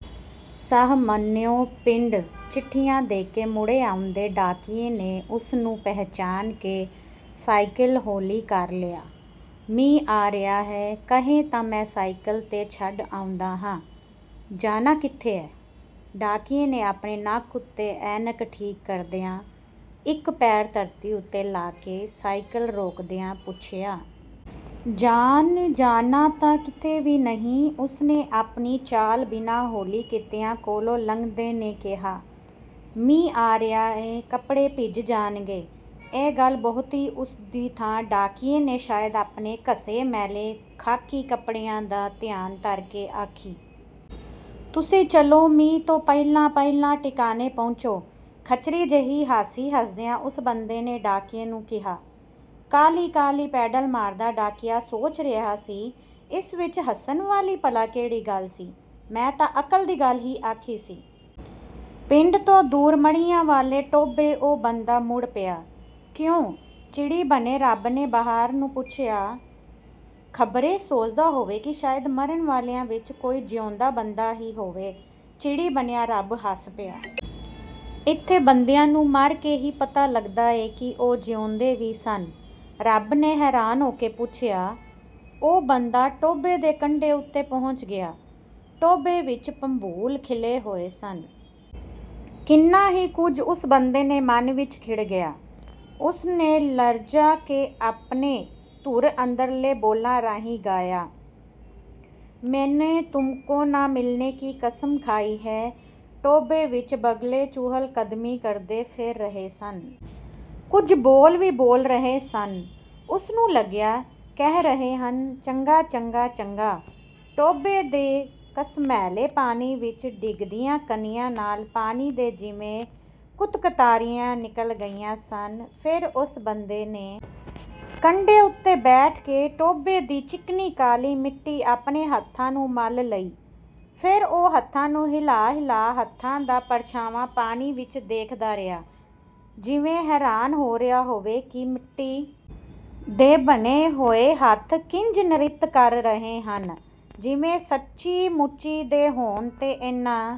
ਸਾਹਮਣਿਓਂ, ਪਿੰਡ ਚਿੱਠੀਆਂ ਦੇ ਕੇ ਮੁੜੇ ਆਉਂਦੇ ਡਾਕੀਏ ਨੇ ਉਸ ਨੂੰ ਪਹਿਚਾਣ ਕੇ ਸਾਈਕਲ ਹੌਲੀ ਕਰ ਲਿਆ। ''ਮੀਂਹ ਆ ਰਿਹਾ ਹੈ, ਕਹੇਂ ਤਾਂ ਮੈਂ ਸਾਈਕਲ 'ਤੇ ਛੱਡ ਆਉਂਦਾ ਹਾਂ, ਜਾਣਾ ਕਿੱਥੇ ਐ"? ਡਾਕੀਏ ਨੇ ਆਪਣੇ ਨੱਕ ਉਤੇ ਐਨਕ ਠੀਕ ਕਰਦਿਆਂ, ਇੱਕ ਪੈਰ ਧਰਤੀ ਉਤੇ ਲਾ ਕੇ ਸਾਈਕਲ ਰੋਕਦਿਆਂ ਪੁੱਛਿਆ। ''ਜਾਣ, ਜਾਣਾ ਤਾਂ ਕਿਤੇ ਵੀ ਨਹੀਂ'' ਉਸ ਨੇ ਆਪਣੀ ਚਾਲ ਬਿਨਾਂ ਹੌਲੀ ਕੀਤਿਆਂ ਕੋਲੋਂ ਲੰਘਦੇ ਨੇ ਕਿਹਾ। ''ਮੀਂਹ ਆ ਰਿਹਾ ਏ ਕੱਪੜੇ ਭਿੱਜ ਜਾਣਗੇ'' ਇਹ ਗੱਲ ਬਹੁਤੀ ਉਸ ਦੀ ਥਾਂ ਡਾਕੀਏ ਨੇ ਸ਼ਾਇਦ ਆਪਣੇ ਘਸੇ ਮੈਲੇ ਖਾਕੀ ਕੱਪੜਿਆਂ ਦਾ ਧਿਆਨ ਧਰ ਕੇ ਆਖੀ। ''ਤੁਸੀਂ ਚੱਲੋ ਮੀਂਹ ਤੋਂ ਪਹਿਲਾਂ-ਪਹਿਲਾਂ ਟਿਕਾਣੇ ਪਹੁੰਚੋ" ਖਚਰੀ ਜਿਹੀ ਹਾਸੀ ਹੱਸਦਿਆਂ ਉਸ ਬੰਦੇ ਨੇ ਡਾਕੀਏ ਨੂੰ ਕਿਹਾ। ਕਾਹਲੀ-ਕਾਹਲੀ ਪੈਡਲ ਮਾਰਦਾ ਡਾਕੀਆ ਸੋਚ ਰਿਹਾ ਸੀ ''ਇਸ ਵਿੱਚ ਹੱਸਣ ਵਾਲੀ ਭਲਾ ਕਿਹੜੀ ਗੱਲ ਸੀ, ਮੈਂ ਤਾਂ ਅਕਲ ਦੀ ਗੱਲ ਹੀ ਆਖੀ ਸੀ"। ਪਿੰਡ ਤੋਂ ਦੂਰ ਮੜ੍ਹੀਆਂ ਵਾਲੇ ਟੋਭੇ ਵੱਲ ਉਹ ਬੰਦਾ ਮੁੜ ਪਿਆ। ''ਕਿਉਂ"? ਚਿੜੀ ਬਣੇ ਰੱਬ ਨੇ ਬਹਾਰ ਨੂੰ ਪੁੱਛਿਆ। ਖਬਰੇ ਸੋਚਦਾ ਹੋਵੇ ਕਿ ਸ਼ਾਇਦ ਮਰਨ ਵਾਲਿਆਂ ਵਿੱਚ ਕੋਈ ਜਿਊਂਦਾ ਬੰਦਾ ਹੀ ਹੋਵੇ'। ਚਿੜੀ ਬਣਿਆ ਰੱਬ ਹੱਸ ਪਿਆ। ''ਇਥੇ ਬੰਦਿਆਂ ਨੂੰ ਮਰ ਕੇ ਹੀ ਪਤਾ ਲਗਦਾ ਏ ਕਿ ਉਹ ਜਿਊਂਦੇ ਵੀ ਸਨ"। ਰੱਬ ਨੇ ਹੈਰਾਨ ਹੋ ਕੇ ਪੁੱਛਿਆ। ਉਹ ਬੰਦਾ ਟੋਭੇ ਦੇ ਕੰਢੇ ਉਤੇ ਪਹੁੰਚ ਗਿਆ। ਟੋਭੇ ਵਿੱਚ ਭੰਬੂਲ ਖਿਲੇ ਹੋਏ ਸਨ। ਕਿੰਨਾ ਹੀ ਕੁਝ ਉਸ ਬੰਦੇ ਦੇ ਮਨ ਵਿੱਚ ਖਿੜ ਗਿਆ। ਉਸ ਨੇ ਲਰਜ਼ਾ ਕੇ ਆਪਣੇ ਧੁਰ ਅੰਦਰਲੇ ਬੋਲਾਂ ਰਾਹੀਂ ਗਾਇਆ, ''ਮੈਨੇ ਤੁਮਕੋ ਨਾ ਮਿਲਨੇ ਕੀ ਕਸਮ ਖਾਈ ਹੈ"। ਟੋਭੇ ਵਿੱਚ ਬਗਲੇ ਚੁਹਲ-ਕਦਮੀ ਕਰਦੇ ਫਿਰ ਰਹੇ ਸਨ। ਕੁਝ ਬੋਲ ਵੀ ਰਹੇ ਸਨ ਉਸ ਨੂੰ ਲੱਗਿਆ ਕਹਿ ਰਹੇ ਹਨ, 'ਚੰਗਾ' 'ਚੰਗਾ' 'ਚੰਗਾ'। ਟੋਭੇ ਦੇ ਘਸਮੈਲੇ ਪਾਣੀ ਵਿੱਚ ਡਿੱਗਦੀਆਂ ਕਣੀਆਂ ਨਾਲ ਪਾਣੀ ਦੇ ਜਿਵੇਂ ਕੁਤਕਤਾੜੀਆਂ ਨਿਕਲ ਗਈਆਂ ਸਨ ਫਿਰ ਉਸ ਬੰਦੇ ਨੇ ਕੰਢੇ ਉਤੇ ਬੈਠ ਕੇ ਟੋਭੇ ਦੀ ਚੀਕਣੀ ਕਾਲੀ ਮਿੱਟੀ ਆਪਣੇ ਹੱਥਾਂ ਨੂੰ ਮਲ ਲਈ ਫਿਰ ਉਹ ਹੱਥਾਂ ਨੂੰ ਹਿਲਾ-ਹਿਲਾ ਹੱਥਾਂ ਦਾ ਪਰਛਾਵਾਂ ਪਾਣੀ ਵਿੱਚ ਦੇਖਦਾ ਰਿਹਾ ਜਿਵੇਂ ਹੈਰਾਨ ਹੋ ਰਿਹਾ ਹੋਵੇ ਕਿ ਮਿੱਟੀ ਦੇ ਬਣੇ ਹੋਏ ਹੱਥ ਕਿੰਜ ਨ੍ਰਿਤ ਕਰ ਰਹੇ ਹਨ, ਜਿਵੇਂ ਸੱਚੀ-ਮੁੱਚੀਂ ਦੇ ਹੋਣ ਤੇ ਇਨ੍ਹਾਂ